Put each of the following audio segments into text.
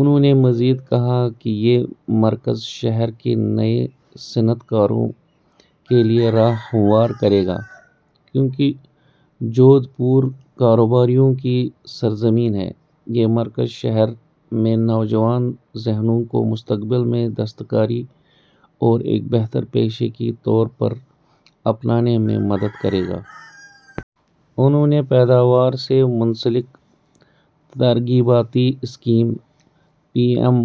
انہوں نے مزید کہا کہ یہ مرکز شہر کے نئے صنعت کاروں کے لیے راہ ہموار کرے گا کیونکہ جودھپور کاروباریوں کی سرزمین ہے۔ یہ مرکز شہر میں نوجوان ذہنوں کو مستقبل میں دستکاری کو ایک بہتر پیشے کے طور پر اپنانے میں مدد کرے گا۔ انہوں نے پیداوار سے منسلک ترغیباتی اسکیم، پی ایم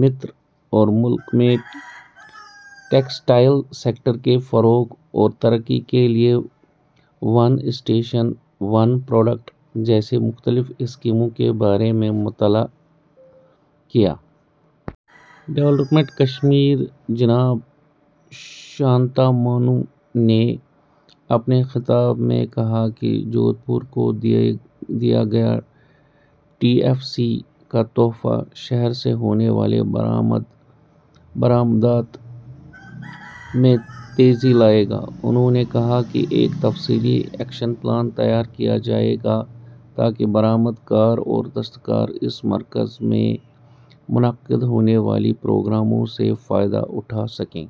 متر اور ملک میں ٹیکسٹائل سیکٹر کے فروغ اور ترقی کے لیے ون اسٹیشن ون پروڈکٹ جیسی مختلف اسکیموں کے بارے میں مطلع کیا۔ ڈیولپمنٹ کمشنر جناب شانتا منو نے اپنے خطاب میں کہا کہ جودھپور کو دیا گیا ٹی ایف سی کا تحفہ شہر سے ہونے والی برآمدات میں تیزی لائے گا۔ انہوں نے کہا کہ ایک تفصیلی ایکشن پلان تیار کیا جائے گا تاکہ برآمد کار اور دستکار اس مرکز میں منعقد ہونے والے پروگراموں سے فائدہ اٹھا سکیں۔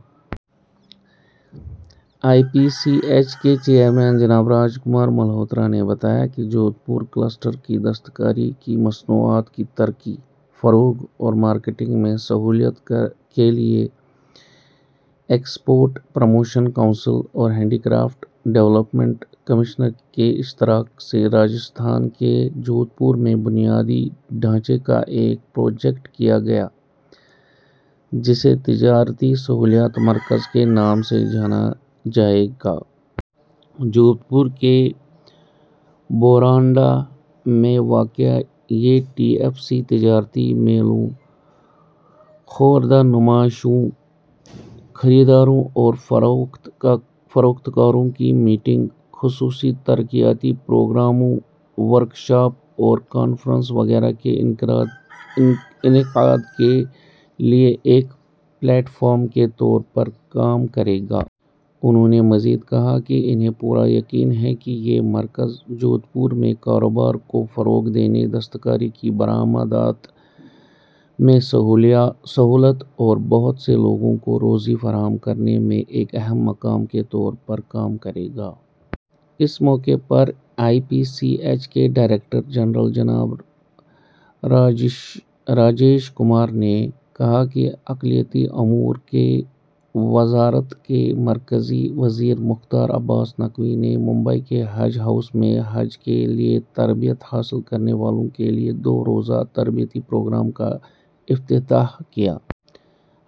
ای پی سی ایچ کے چیئرمین جناب راج کمار ملہوترا نے بتایا کہ جودھپور کلسٹر کی دستکاری کی مصنوعات کی ترقی، فروغ اور مارکیٹنگ میں سہولت کے لیے ایکسپورٹ پروموشن کونسل اور ہینڈی کرافٹ ڈیولپمنٹ کمشنر کے اشتراک سے راجستھان کے جودھپور میں بنیادی ڈھانچے کا ایک پروجیکٹ کیا گیا، جسے تجارتی سہولت مرکز کے نام سے جانا جائے گا۔ جودھپور کے بوراناڈہ میں واقع یہ ٹی ایف سی تجارتی میلوں، خوردہ نمائشوں، خریداروں اور فروخت کاروں کی میٹنگ، خصوصی ترقیاتی پروگراموں، ورکشاپ اور کانفرنس وغیرہ کے انعقاد کے لیے ایک پلیٹ فارم کے طور پر کام کرے گا۔ انہوں نے مزید کہا کہ انہیں پورا یقین ہے کہ یہ مرکز جودھپور میں کاروبار کو فروغ دینے، دستکاری کی برآمدات میں سہولت اور بہت سے لوگوں کو روزی فراہم کرنے میں ایک اہم مقام کے طور پر کام کرے گا۔ اس موقع پر ای پی سی ایچ کے ڈائریکٹر جنرل جناب راجیش کمار نے کہا کہ اقلیتی امور کی وزارت کے مرکزی وزیر مختار عباس نقوی نے ممبئی کے حج ہاؤس میں حج کے لیے تربیت حاصل کرنے والوں کے لیے دو روزہ تربیتی پروگرام کا افتتاح کیا۔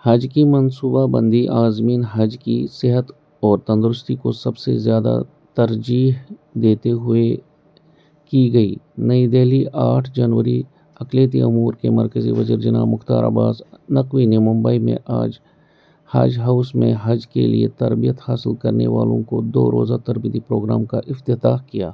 ’’حج کی منصوبہ بندی عازمین حج کی صحت اور تندرستی کو سب سے زیادہ ترجیح دیتے ہوئے کی گئی۔‘‘ نئی دہلی، آٹھ جنوری، اقلیتی امور کے مرکزی وزیر جناب مختار عباس نقوی نے ممبئی میں آج حج ہاؤس میں حج کے لیے تربیت حاصل کرنے والوں کے دو روزہ تربیتی پروگرام کا افتتاح کیا۔